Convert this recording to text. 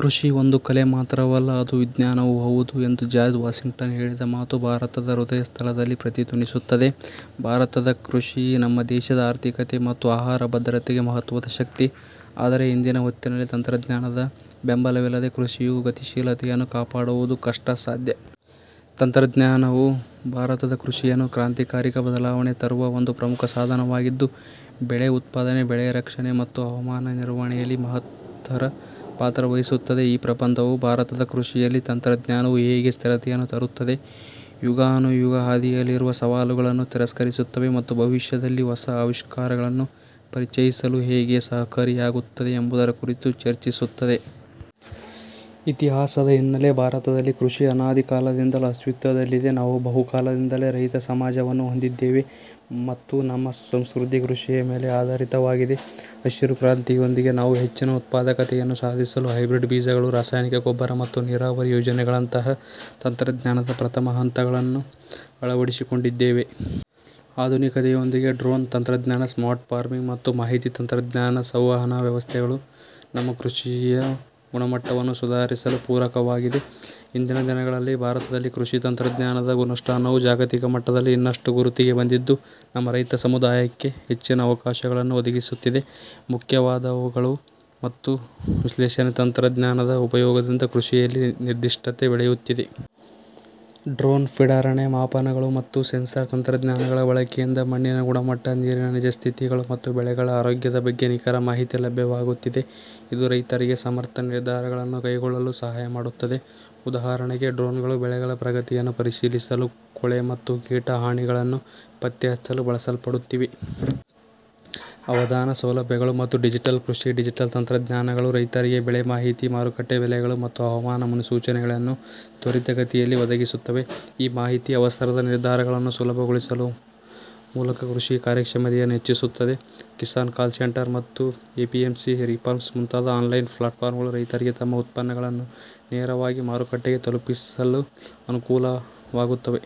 "ಕೃಷಿ ಒಂದು ಕಲೆ ಮಾತ್ರವಲ್ಲ, ಅದು ವಿಜ್ಞಾನವೂ ಹೌದು" ಎಂದು ಜಾರ್ಜ್ ವಾಷಿಂಗ್ಟನ್ ಹೇಳಿದ ಮಾತು ಭಾರತದ ಹೃದಯಸ್ಥಲದಲ್ಲಿ ಪ್ರತಿಧ್ವನಿಸುತ್ತದೆ. ಭಾರತದ ಕೃಷಿ, ನಮ್ಮ ದೇಶದ ಆರ್ಥಿಕತೆ ಮತ್ತು ಆಹಾರ ಭದ್ರತೆಗೆ ಮಹತ್ವದ ಶಕ್ತಿ. ಆದರೆ ಇಂದಿನ ಹೊತ್ತಿನಲ್ಲಿ, ತಂತ್ರಜ್ಞಾನದ ಬೆಂಬಲವಿಲ್ಲದೆ ಕೃಷಿಯು ಗತಿಶೀಲತೆಯನ್ನು ಕಾಪಾಡುವುದು ಕಷ್ಟಸಾಧ್ಯ. ತಂತ್ರಜ್ಞಾನವು ಭಾರತದ ಕೃಷಿಯನ್ನು ಕ್ರಾಂತಿಕಾರಕ ಬದಲಾವಣೆ ತರುವ ಒಂದು ಪ್ರಮುಖ ಸಾಧನವಾಗಿದ್ದು, ಬೆಳೆ ಉತ್ಪಾದನೆ, ಬೆಳೆ ರಕ್ಷಣೆ, ಮತ್ತು ಹವಾಮಾನ ನಿರ್ವಹಣೆಯಲ್ಲಿ ಮಹತ್ತರ ಪಾತ್ರ ವಹಿಸುತ್ತದೆ. ಈ ಪ್ರಬಂಧವು, ಭಾರತದ ಕೃಷಿಯಲ್ಲಿ ತಂತ್ರಜ್ಞಾನವು ಹೇಗೆ ಸ್ಥಿರತೆಯನ್ನು ತರುತ್ತದೆ, ಯುಗಾನುಯುಗ ಹಾದಿಯಲ್ಲಿರುವ ಸವಾಲುಗಳನ್ನು ತಿರಸ್ಕರಿಸುತ್ತದೆ, ಮತ್ತು ಭವಿಷ್ಯದಲ್ಲಿ ಹೊಸ ಆವಿಷ್ಕಾರಗಳನ್ನು ಪರಿಚಯಿಸಲು ಹೇಗೆ ಸಹಕಾರಿಯಾಗುತ್ತದೆ ಎಂಬುದರ ಕುರಿತು ಚರ್ಚಿಸುತ್ತದೆ. ಇತಿಹಾಸದ ಹಿನ್ನಲೆ ಭಾರತದಲ್ಲಿ ಕೃಷಿ ಅನಾದಿಕಾಲದಿಂದಲೂ ಅಸ್ತಿತ್ವದಲ್ಲಿದೆ. ನಾವು ಬಹುಕಾಲದಿಂದಲೇ ರೈತ ಸಮಾಜವನ್ನು ಹೊಂದಿದ್ದೇವೆ, ಮತ್ತು ನಮ್ಮ ಸಂಸ್ಕೃತಿ ಕೃಷಿಯ ಮೇಲೆ ಆಧಾರಿತವಾಗಿದೆ. ಹಸಿರು ಕ್ರಾಂತಿಯೊಂದಿಗೆ, ನಾವು ಹೆಚ್ಚಿನ ಉತ್ಪಾದಕತೆಯನ್ನು ಸಾಧಿಸಲು ಹೈಬ್ರಿಡ್ ಬೀಜಗಳು, ರಾಸಾಯನಿಕ ಗೊಬ್ಬರ, ಮತ್ತು ನೀರಾವರಿ ಯೋಜನೆಗಳಂತಹ ತಂತ್ರಜ್ಞಾನದ ಪ್ರಥಮ ಹಂತಗಳನ್ನು ಅಳವಡಿಸಿಕೊಂಡಿದ್ದೇವೆ. ಆಧುನಿಕತೆಯೊಂದಿಗೆ, ಡ್ರೋನ್ ತಂತ್ರಜ್ಞಾನ, ಸ್ಮಾರ್ಟ್ ಫಾರ್ಮಿಂಗ್, ಮತ್ತು ಮಾಹಿತಿ ತಂತ್ರಜ್ಞಾನ ಸಂವಹನ ವ್ಯವಸ್ಥೆಗಳು ನಮ್ಮ ಕೃಷಿಯ ಗುಣಮಟ್ಟವನ್ನು ಸುಧಾರಿಸಲು ಪೂರಕವಾಗಿವೆ. ಇಂದಿನ ದಿನಗಳಲ್ಲಿ, ಭಾರತದಲ್ಲಿ ಕೃಷಿ ತಂತ್ರಜ್ಞಾನದ ಅನುಷ್ಠಾನವು ಜಾಗತಿಕ ಮಟ್ಟದಲ್ಲಿ ಇನ್ನಷ್ಟು ಗುರುತಿಗೆ ಬಂದಿದ್ದು, ನಮ್ಮ ರೈತ ಸಮುದಾಯಕ್ಕೆ ಹೆಚ್ಚಿನ ಅವಕಾಶಗಳನ್ನು ಒದಗಿಸುತ್ತಿದೆ. ಮುಖ್ಯ ವಾದಗಳು ಮತ್ತು ವಿಶ್ಲೇಷಣೆ ತಂತ್ರಜ್ಞಾನದ ಉಪಯೋಗದಿಂದ ಕೃಷಿಯಲ್ಲಿ ನಿರ್ದಿಷ್ಟತೆ ಬೆಳೆಯುತ್ತಿದೆ. ಡ್ರೋನ್ ಪಿಡಾರಣೆ, ಮಾಪನಗಳು, ಮತ್ತು ಸೆನ್ಸಾರ್ ತಂತ್ರಜ್ಞಾನಗಳ ಬಳಕೆಯಿಂದ ಮಣ್ಣಿನ ಗುಣಮಟ್ಟ, ನೀರಿನ ನಿಜಸ್ಥಿತಿಗಳು, ಮತ್ತು ಬೆಳೆಗಳ ಆರೋಗ್ಯದ ಬಗ್ಗೆ ನಿಖರ ಮಾಹಿತಿ ಲಭ್ಯವಾಗುತ್ತಿದೆ. ಇದು ರೈತರಿಗೆ ಸಮರ್ಥ ನಿರ್ಧಾರಗಳನ್ನು ಕೈಗೊಳ್ಳಲು ಸಹಾಯ ಮಾಡುತ್ತದೆ. ಉದಾಹರಣೆಗೆ, ಡ್ರೋನ್ಗಳು ಬೆಳೆಗಳ ಪ್ರಗತಿಯನ್ನು ಪರಿಶೀಲಿಸಲು, ಕೊಳೆ ಮತ್ತು ಕೀಟ ಹಾನಿಗಳನ್ನು ಪತ್ತೆಹಚ್ಚಲು ಬಳಸಲ್ಪಡುತ್ತಿವೆ. ಅವಧಾನ ಸೌಲಭ್ಯಗಳು ಮತ್ತು ಡಿಜಿಟಲ್ ಕೃಷಿ ಡಿಜಿಟಲ್ ತಂತ್ರಜ್ಞಾನಗಳು ರೈತರಿಗೆ ಬೆಳೆ ಮಾಹಿತಿ, ಮಾರುಕಟ್ಟೆ ಬೆಲೆಗಳು, ಮತ್ತು ಹವಾಮಾನ ಮುನ್ಸೂಚನೆಗಳನ್ನು ತ್ವರಿತಗತಿಯಲ್ಲಿ ಒದಗಿಸುತ್ತವೆ. ಈ ಮಾಹಿತಿ ಅವಸರದ ನಿರ್ಧಾರಗಳನ್ನು ಸುಲಭಗೊಳಿಸುವ ಮೂಲಕ ಕೃಷಿ ಕಾರ್ಯಕ್ಷಮತೆಯನ್ನು ಹೆಚ್ಚಿಸುತ್ತದೆ. 'ಕಿಸಾನ್ ಕಾಲ್ ಸೆಂಟರ್' ಮತ್ತು 'ಎಪಿಎಂಸಿ ರಿಫಾರ್ಮ್ಸ್' ಮುಂತಾದ ಆನ್ಲೈನ್ ಪ್ಲಾಟ್ಫಾರ್ಮ್ಗಳು, ರೈತರಿಗೆ ತಮ್ಮ ಉತ್ಪನ್ನಗಳನ್ನು ನೇರವಾಗಿ ಮಾರುಕಟ್ಟೆಗೆ ತಲುಪಿಸಲು ಅನುಕೂಲವಾಗುತ್ತವೆ.